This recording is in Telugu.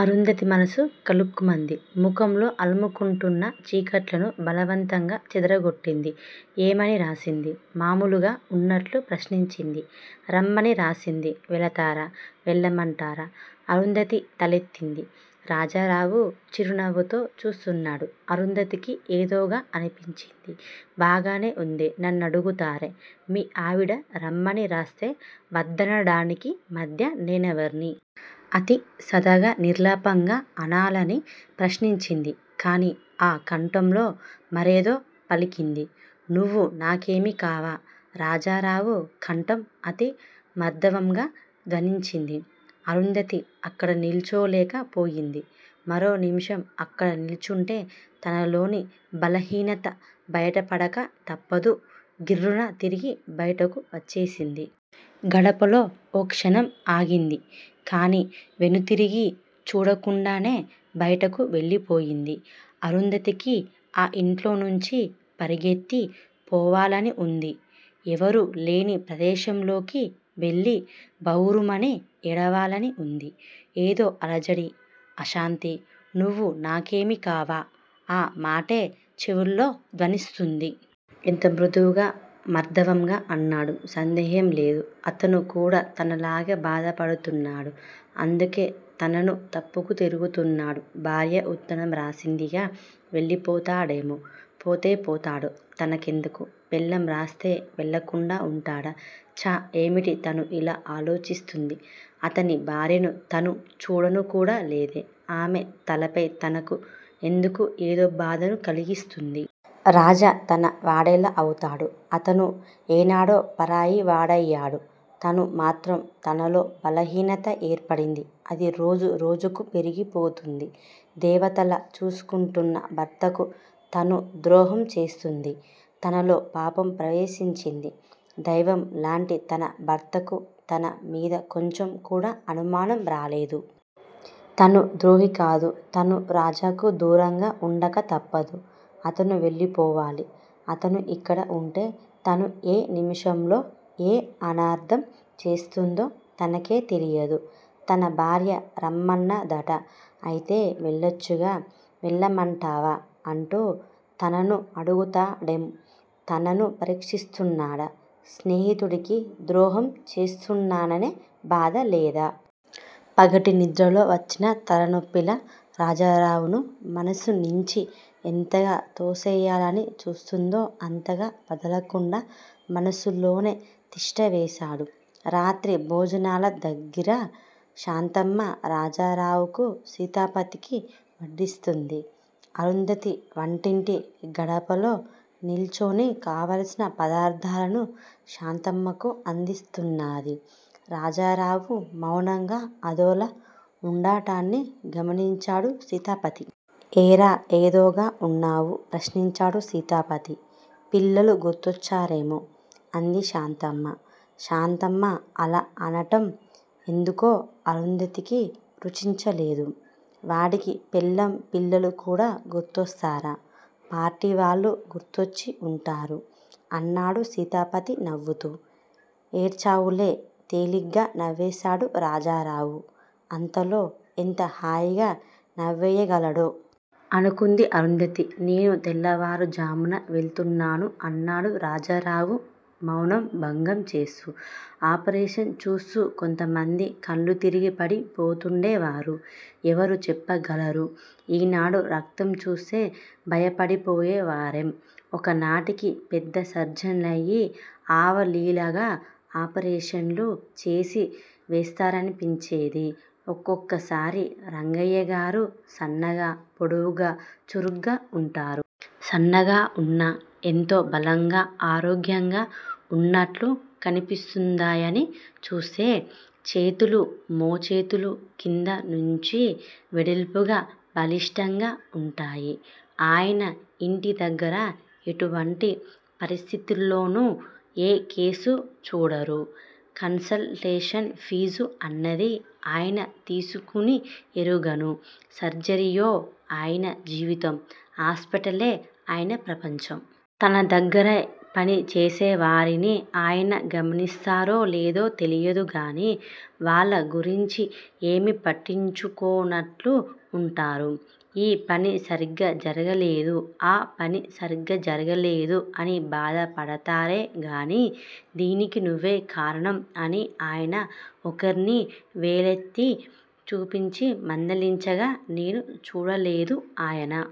అరుంధతి మనసు కలుక్కుమంది. ముఖంలో అలుముకుంటున్న చీకట్లను బలవంతంగా చెదరగొట్టింది. ఏమని రాసింది? మామూలుగా ఉన్నట్లు ప్రశ్నించింది. రమ్మని రాసింది! వెళతారా? వెళ్ళమంటారా? అరుంధతి తలెత్తింది. రాజారావు చిరునవ్వుతో చూస్తున్నాడు. అరుంధతికి ఏదోగా అనిపించింది. బాగానే ఉంది. నన్నడుగుతారే? మీ ఆవిడ రమ్మని రాస్తే వద్దనడానికి మధ్య నేనెవర్ని! అతి సాదాగా నిర్లిప్తంగా అనాలని ప్రయత్నించింది. కాని ఆ కంఠంలో మరేదో పలికింది. నువ్వు నాకేమీ కావా? రాజారావు కంఠం అతి మార్దవంగా ధ్వనించింది. అరుంధతి అక్కడ నిల్చోలేక పోయింది. మరో నిమిషం అక్కడ నిల్చుంటే తనలోని బలహీనత బయటపడక తప్పదు. గిర్రున తిరిగి బయటకు వచ్చేసింది. గడపలో ఓ క్షణం ఆగింది. కాని వెనుతిరిగి చూడకుండానే బయటకు వెళ్ళిపోయింది. అరుంధతికి ఆ ఇంట్లో నుంచి పరుగెత్తి పోవాలని వుంది. ఎవరూ లేని ప్రదేశంలోకి వెళ్ళి బావురుమని ఏడవాలని వుంది. ఏదో అలజడి! అశాంతి! నువ్వు నాకేమీ కావా? ఆ మాటే చెవుల్లో ధ్వనిస్తూంది. ఎంత మృదువుగా, మార్దవంగా అన్నాడు! సందేహం లేదు. అతను కూడా తనలాగే బాధపడుతున్నాడు. అందుకే తనను తప్పుకు తిరుగుతున్నాడు. భార్య ఉత్తరం రాసిందిగా వెళ్ళిపోతాడేమో? పోతే పోతాడు. తనకెందుకు? పెళ్ళాం రాస్తే వెళ్ళకుండా వుంటాడా? ఛ! ఏమిటి తను ఇలా ఆలోచిస్తూంది? అతని భార్యను తను చూడనుకూడా లేదే ఆమె తలపే తనకు ఎందుకు ఏదో బాధను కలిగిస్తుంది? రాజా తన వాడెలా అవుతాడు? అతను ఏనాడో పరాయివాడయ్యాడు. తను మాత్రం! తనలో బలహీనత ఏర్పడింది. అది రోజు రోజుకూ పెరిగి పోతూంది. దేవతలా చూసుకుంటున్న భర్తకు తను ద్రోహం చేస్తూంది. తనలో పాపం ప్రవేశించింది. దైవం లాంటి తన భర్తకు తన మీద కొంచెం కూడా అనుమానం లేదు. తను ద్రోహి కాదు. తను రాజాకు దూరంగా వుండక తప్పదు. అతను వెళ్ళిపోవాలి. అతను ఇక్కడ వుంటే తను ఏ నిముషంలో ఏ అనర్ధం చేస్తుందో తనకే తెలియదు. తన భార్య రమ్మన్నదట! అయితే వెళ్ళొచ్చుగా? వెళ్ళమంటావా అంటూ తనను అడుగుతాడేం? తనను పరీక్షిస్తున్నాడా? స్నేహితుడికి ద్రోహం చేస్తున్నాననే బాధ లేదా? పగటి నిద్రలో వచ్చిన తలనొప్పిలా, రాజారావును మనస్సునించి ఎంతగా తోసెయ్యాలని చూస్తుందో అంతగా వదలకుండా మనస్సులోనే తిష్ఠ వేశాడు. రాత్రి భోజనాల దగ్గిర శాంతమ్మ రాజారావుకూ సీతాపతికి వడ్డిస్తూంది. అరుంధతి వంటింటి గడపలో నిల్చొని కావాల్సిన పదార్ధాలను శాంతమ్మకు అందిస్తున్నది. రాజారావు మౌనంగా అదోలా వుండటాన్ని గమనించాడు సీతాపతి. ఏరా ఏదోగా వున్నావు? ప్రశ్నించాడు సీతాపతి. పిల్లలు గుర్తొచ్చారేమో? అంది శాంతమ్మ. శాంతమ్మ అలా అనటం ఎందుకో అరుంధతికి రుచించలేదు. వాడికి పెళ్ళాం పిల్లలు కూడా గుర్తొస్తారా? పార్టీవాళ్ళు గుర్తొచ్చి వుంటారు అన్నాడు సీతాపతి నవ్వుతూ. ఏడ్చావులే తేలిగ్గా నవ్వేశాడు రాజారావు. అంతలో ఎంత హాయిగా నవ్వేయగలడో! అనుకుంది అరుంధతి. నేను తెల్లవారుఝామున వెళుతున్నాను అన్నాడు రాజారావు మౌనం భంగంచేస్తూ. ఆపరేషన్ చూస్తూ కొంతమంది కళ్ళు తిరిగి పడి పోతూండే వారు. ఎవరు చెప్పగలరు, యీనాడు రక్తం చూస్తే భయపడిపోయేవారేం ఒక నాటికి పెద్ద సర్జన్లయి, అవలీలగా ఆపరేషన్లు చేసి వేస్తారనిపించేది ఒక్కొక్కసారి. రంగయ్యగారు సన్నగా, పొడవుగా, చురుగ్గా వుంటారు. సన్నగా వున్నా ఎంతో బలంగా, ఆరోగ్యంగా వున్నట్లు కనిపిస్తుందాయన్ని చూస్తే. చేతులు మోచేతులు క్రింద నుంచి వెడల్పుగా, బలిష్ఠంగా వుంటాయి. ఆయన యింటి దగ్గర ఎటువంటి పరిస్థితుల్లోనూ ఏ కేసూ చూడరు. కన్సల్టేషన్ ఫీజు అన్నది ఆయన తీసుకుని ఎరుగను. సర్జరీయే ఆయన జీవితం! హాస్పిటలే ఆయన ప్రపంచం. తన దగ్గర పని చేసే వారిని ఆయన గమనిస్తారో లేదో తెలియదుగాని వాళ్ళ గురించి ఏమీ పట్టించుకోనట్లు వుంటారు. ఈ పని సరిగ్గా జరగలేదు. ఆపని సరిగ్గా జరగలేదు అని బాధ పడతారే గాని దీనికి నువ్వే కారణం అని ఆయన ఒకర్ని వేలెత్తి చూపించి మందలించగా నేను చూడలేదు. ఆయన